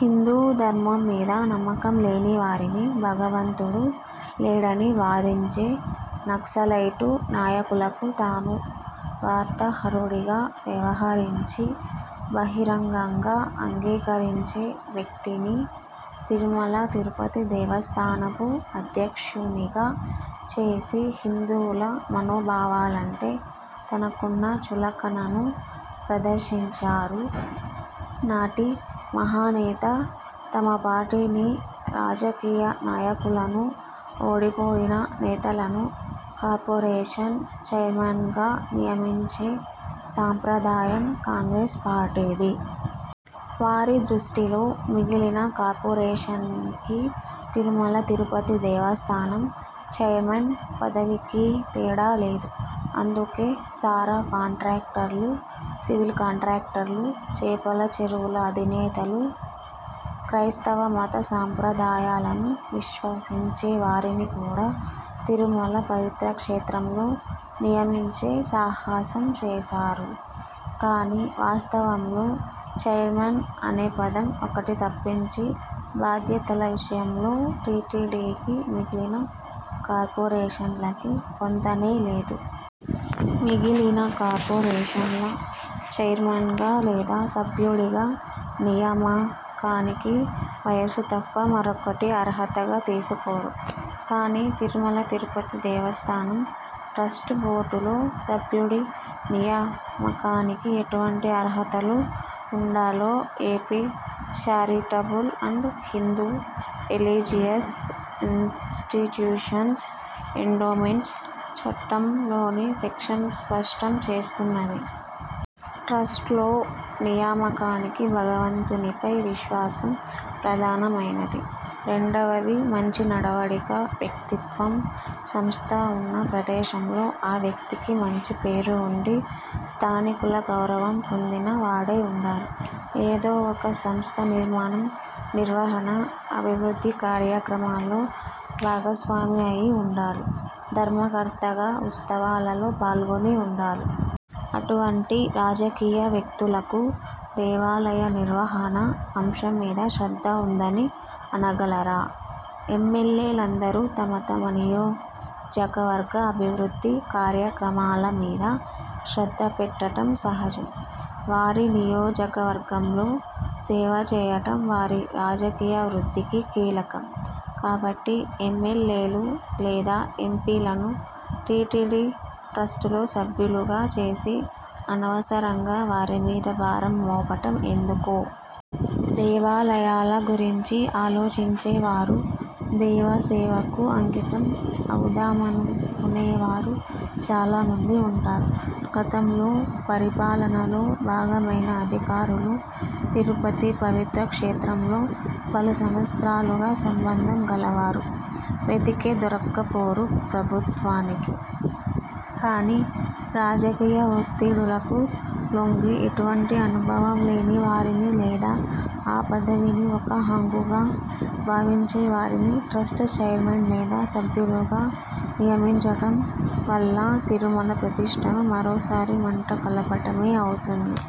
హిందూ ధర్మం మీద నమ్మకం లేనివారిని, భగవంతుడు లేడని వాదించే నక్సలైటు నాయకులకు తాను వార్తాహరుడిగా వ్యవహరించి బహిరంగంగా అంగీకరించే వ్యక్తిని తిరుమల తిరుపతి దేవస్థానపు అధ్యక్షునిగా చేసి హిందువుల మనోభావాలంటే తనకున్న చులకనను ప్రదర్శించారు నాటి 'మహానేత'. తమ పార్టీని రాజకీయ నాయకులను, ఓడిపోయిన నేతలను కార్పొరేషన్ చైర్మన్గా నియమించే సాంప్రదాయం కాంగ్రెస్ పార్టీది. వారి దృష్టిలో మిగిలిన కార్పొరేషన్స్కి తిరుమల తిరుపతి దేవస్థానం చైర్మన్ పదవికీ తేడా లేదు. అందుకే సారా కాంట్రాక్టర్లు, సివిల్ కాంట్రాక్టర్లు, చేపల చెరువుల అధినేతలు, క్రైస్తవ మత సాంప్రదాయాలను విశ్వసించే వారిని కూడా తిరుమల పవిత్ర క్షేత్రంలో నియమించే సాహసం చేశారు. కానీ వాస్తవంలో 'చైర్మన్' అనే పదం ఒక్కటి తప్పించి బాధ్యతల విషయంలో టీటీడీకి మిగిలిన కార్పొరేషన్లకి పొంతనే లేదు. మిగిలిన కార్పొరేషన్ల చైర్మన్గా లేదా సభ్యుడిగా నియామకానికి వయసు తప్ప మరొకటి అర్హతగా తీసుకోరు. కానీ తిరుమల తిరుపతి దేవస్థానం ట్రస్ట్ బోర్డులో సభ్యుడి నియామకానికి ఎటువంటి అర్హతలు వుండాలో AP charitable & Hindu religious institutions & endowments చట్టం లోని సెక్షన్ స్పష్టం చేస్తున్నది. ట్రస్ట్లో నియామకానికి భగవంతునిపై విశ్వాసం ప్రధానమైనది. రెండవది మంచి నడవడిక, వ్యక్తిత్వం. సంస్థ వున్న ప్రదేశంలో ఆ వ్యక్తికి మంచి పేరు వుండి, స్థానికుల గౌరవం పొందిన వాడై వుండాలి. ఏదో ఒక సంస్థ నిర్మాణం, నిర్వహణ, అభివృద్ధి కార్యక్రమాల్లో భాగస్వామి అయి వుండాలి. ధర్మకర్తగా ఉత్సవాలలో పాల్గొని వుండాలి. అటువంటి రాజకీయ వ్యక్తులకు దేవాలయ నిర్వహణ అంశం మీద శ్రద్ధ వుందని అనగలరా! ఎమ్మెల్యేలందరూ తమ తమ నియోజకవర్గ అభివృద్ధి కార్యక్రమాల మీద శ్రద్ధ పెట్టటం సహజం. వారి నియోజకవర్గంలో సేవ చేయటం వారి రాజకీయ వృద్ధికి కీలకం. కాబట్టి ఎమ్మెల్యేలు లేదా ఎంపీలను టీటీడీ ట్రస్టులో సభ్యులుగా చేసి అనవసరంగా వారిమీద భారం మోపటం ఎందుకు! దేవాలయాల గురించి ఆలోచించే వారు, దేవ సేవకు అంకితం అవుదామనుకునే వారు చాలామంది వుంటారు. గతంలో పరిపాలనలో భాగమైన అధికారులు, తిరుపతి పవిత్ర క్షేత్రంలో పలు సంవత్సరాలుగా సంబంధం గలవారు వెతికితే దొరక్కపోరు ప్రభుత్వానికి. కానీ రాజకీయ ఒత్తిడులకు లొంగి ఎటువంటి అనుభవం లేని వారిని లేదా ఆ పదవిని ఒక హంగుగా భావించేవారిని ట్రస్ట్ చైర్మన్ లేదా సభ్యులుగా నియమించటం వల్ల తిరుమల ప్రతిష్ఠను మరోసారి మంట కలపటమే అవుతుంది.